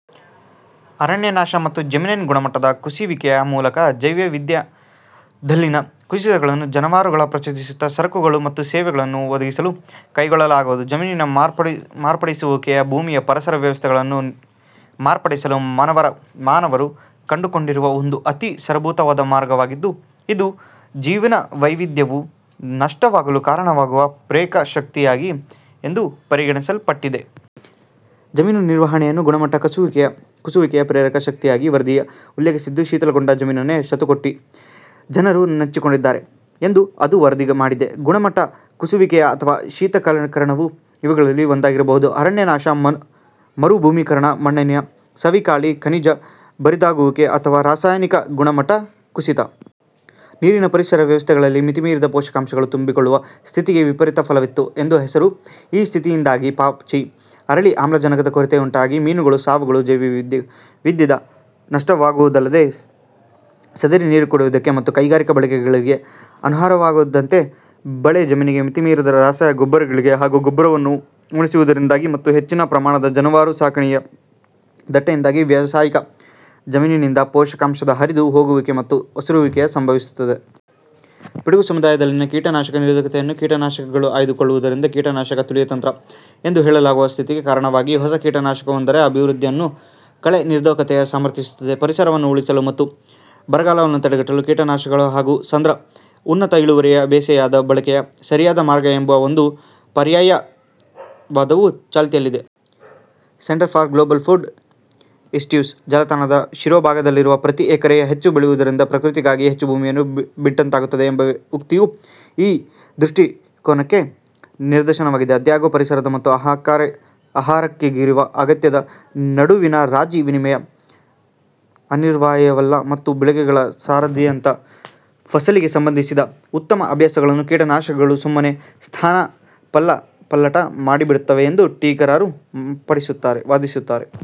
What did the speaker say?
ಅರಣ್ಯನಾಶ ಮತ್ತು ಜಮೀನಿನ ಗುಣಮಟ್ಟದ ಕುಸಿಯುವಿಕೆಯ ಮೂಲಕ, ಜೀವವೈವಿಧ್ಯದಲ್ಲಿನ ಕುಸಿತಗಳನ್ನೂ ಜಾನುವಾರುಗಳು ಪ್ರಚೋದಿಸುತ್ತಿವೆ. ಸರಕುಗಳು ಮತ್ತು ಸೇವೆಗಳನ್ನು ಒದಗಿಸಲು ಕೈಗೊಳ್ಳಲಾಗುವ ಜಮೀನಿನ ಮಾರ್ಪಡಿಸುವಿಕೆಯು ಭೂಮಿಯ ಪರಿಸರ ವ್ಯವಸ್ಥೆಗಳನ್ನು ಮಾರ್ಪಡಿಸಲು ಮಾನವರು ಕಂಡುಕೊಂಡಿರುವ ಒಂದು ಅತಿ ಸಾರಭೂತವಾದ ಮಾರ್ಗವಾಗಿದ್ದು, ಇದು ಜೀವವೈವಿಧ್ಯವು ನಷ್ಟವಾಗಲು ಕಾರಣವಾಗುವ ಪ್ರೇರಕಶಕ್ತಿಯಾಗಿದೆ ಎಂದು ಪರಿಗಣಿಸಲ್ಪಟ್ಟಿದೆ. ಜಮೀನು ನಿರ್ವಹಣೆಯನ್ನು ಗುಣಮಟ್ಟ ಕುಸಿಯುವಿಕೆಯ ಪ್ರೇರಕ ಶಕ್ತಿಯಾಗಿ ವರದಿಯು ಉಲ್ಲೇಖಿಸಿದ್ದು, ಶಿಥಿಲಗೊಂಡ ಜಮೀನನ್ನೇ ಶತಕೋಟಿ ಜನರು ನೆಚ್ಚಿಕೊಂಡಿದ್ದಾರೆ ಎಂದು ಅದು ವರದಿ ಮಾಡಿದೆ. ಗುಣಮಟ್ಟ ಕುಸಿಯುವಿಕೆ ಅಥವಾ ಶಿಥಿಲೀಕರಣವು ಇವುಗಳಲ್ಲಿ ಒಂದಾಗಿರಬಹುದು: ಅರಣ್ಯನಾಶ, ಮರುಭೂಮೀಕರಣ, ಮಣ್ಣಿನ ಸವಕಳಿ, ಖನಿಜ ಬರಿದಾಗುವಿಕೆ, ಅಥವಾ ರಾಸಾಯನಿಕ ಗುಣಮಟ್ಟ ಕುಸಿತ. ನೀರಿನ ಪರಿಸರ ವ್ಯವಸ್ಥೆಗಳಲ್ಲಿ ಮಿತಿಮೀರಿದ ಪೋಷಕಾಂಶಗಳು ತುಂಬಿಕೊಳ್ಳುವ ಸ್ಥಿತಿಗೆ ವಿಪರೀತ ಫಲವತ್ತತೆ ಎಂದು ಹೆಸರು. ಈ ಸ್ಥಿತಿಯಿಂದಾಗಿ, ಪಾಚಿ ಅರಳಿ ಆಮ್ಲಜನಕದ ಕೊರತೆಯುಂಟಾಗಿ ಮೀನುಗಳ ಸಾವು, ಜೀವವೈವಿಧ್ಯದ ನಷ್ಟವಾಗುವುದಲ್ಲದೆ, ಸದರಿ ನೀರು ಕುಡಿಯುವುದಕ್ಕೆ ಮತ್ತು ಕೈಗಾರಿಕಾ ಬಳಕೆಗಳಿಗಾಗಿ ಅನರ್ಹವಾಗುವಂತಾಗುತ್ತದೆ. ಬೆಳೆ ಜಮೀನಿಗೆ ಮಿತಿಮೀರಿದ ರಸಗೊಬ್ಬರಗಳು ಹಾಗೂ ಗೊಬ್ಬರವನ್ನು ಉಣಿಸುವುದರಿಂದಾಗಿ ಮತ್ತು ಹೆಚ್ಚಿನ ಪ್ರಮಾಣದ ಜಾನುವಾರು ಸಾಕಣೆಯ ದಟ್ಟಣೆಯಿಂದಾಗಿ, ವ್ಯಾವಸಾಯಿಕ ಜಮೀನಿನಿಂದ ಪೋಷಕಾಂಶದ ಹರಿದು ಹೋಗುವಿಕೆ ಮತ್ತು ಒಸರುವಿಕೆಯು ಸಂಭವಿಸುತ್ತದೆ. ಪಿಡುಗು ಸಮುದಾಯದಲ್ಲಿನ ಕೀಟನಾಶಕ ನಿರೋಧಕತೆಯನ್ನು ಕೀಟನಾಶಕಗಳು ಆಯ್ದುಕೊಳ್ಳುವುದರಿಂದ 'ಕೀಟನಾಶಕ ತುಳಿತಯಂತ್ರ' ಎಂದು ಹೇಳಲಾಗುವ ಸ್ಥಿತಿಗೆ ಕಾರಣವಾಗಿ, ಹೊಸ ಕೀಟನಾಶಕವೊಂದರ ಅಭಿವೃದ್ಧಿಯನ್ನು ಕಳೆ ನಿರೋಧಕತೆಯು ಸಮರ್ಥಿಸುತ್ತದೆ. 'ಪರಿಸರವನ್ನು ಉಳಿಸಲು' ಮತ್ತು ಬರಗಾಲವನ್ನು ತಡೆಗಟ್ಟಲು ಕೀಟನಾಶಕಗಳು ಹಾಗೂ ಸಾಂದ್ರ ಉನ್ನತ ಇಳುವರಿಯ ಬೇಸಾಯದ ಬಳಕೆಯೇ ಸರಿಯಾದ ಮಾರ್ಗ ಎಂಬ ಒಂದು ಪರ್ಯಾಯ ವಾದವೂ ಚಾಲ್ತಿಯಲ್ಲಿದೆ. ಸೆಂಟರ್ ಫಾರ್ ಗ್ಲೋಬಲ್ ಫುಡ್ ಇಷ್ಯೂಸ್ನ ಜಾಲತಾಣದ ಶಿರೋಭಾಗದಲ್ಲಿರುವ 'ಪ್ರತಿ ಎಕರೆಯಲ್ಲಿ ಹೆಚ್ಚು ಬೆಳೆಯುವುದರಿಂದ ಪ್ರಕೃತಿಗಾಗಿ ಹೆಚ್ಚು ಭೂಮಿಯನ್ನು ಬಿಟ್ಟಂತಾಗುತ್ತದೆ' ಎಂಬ ಉಕ್ತಿಯು ಈ ದೃಷ್ಟಿಕೋನಕ್ಕೆ ನಿದರ್ಶನವಾಗಿದೆ. ಆದಾಗ್ಯೂ, ಪರಿಸರದ ಮತ್ತು ಆಹಾರಕ್ಕಾಗಿರುವ ಅಗತ್ಯದ ನಡುವಿನ ರಾಜಿ-ವಿನಿಮಯವು ಅನಿವಾರ್ಯವಲ್ಲ, ಮತ್ತು ಬೆಳೆಗಳ ಸರದಿಯಂಥ ಫಸಲಿಗೆ ಸಂಬಂಧಿಸಿದ ಉತ್ತಮ ಅಭ್ಯಾಸಗಳನ್ನು ಕೀಟನಾಶಕಗಳು ಸುಮ್ಮನೇ ಸ್ಥಾನಪಲ್ಲಟಮಾಡಿಬಿಡುತ್ತವೆ ಎಂದು ಟೀಕಾಕಾರರು ವಾದಿಸುತ್ತಾರೆ.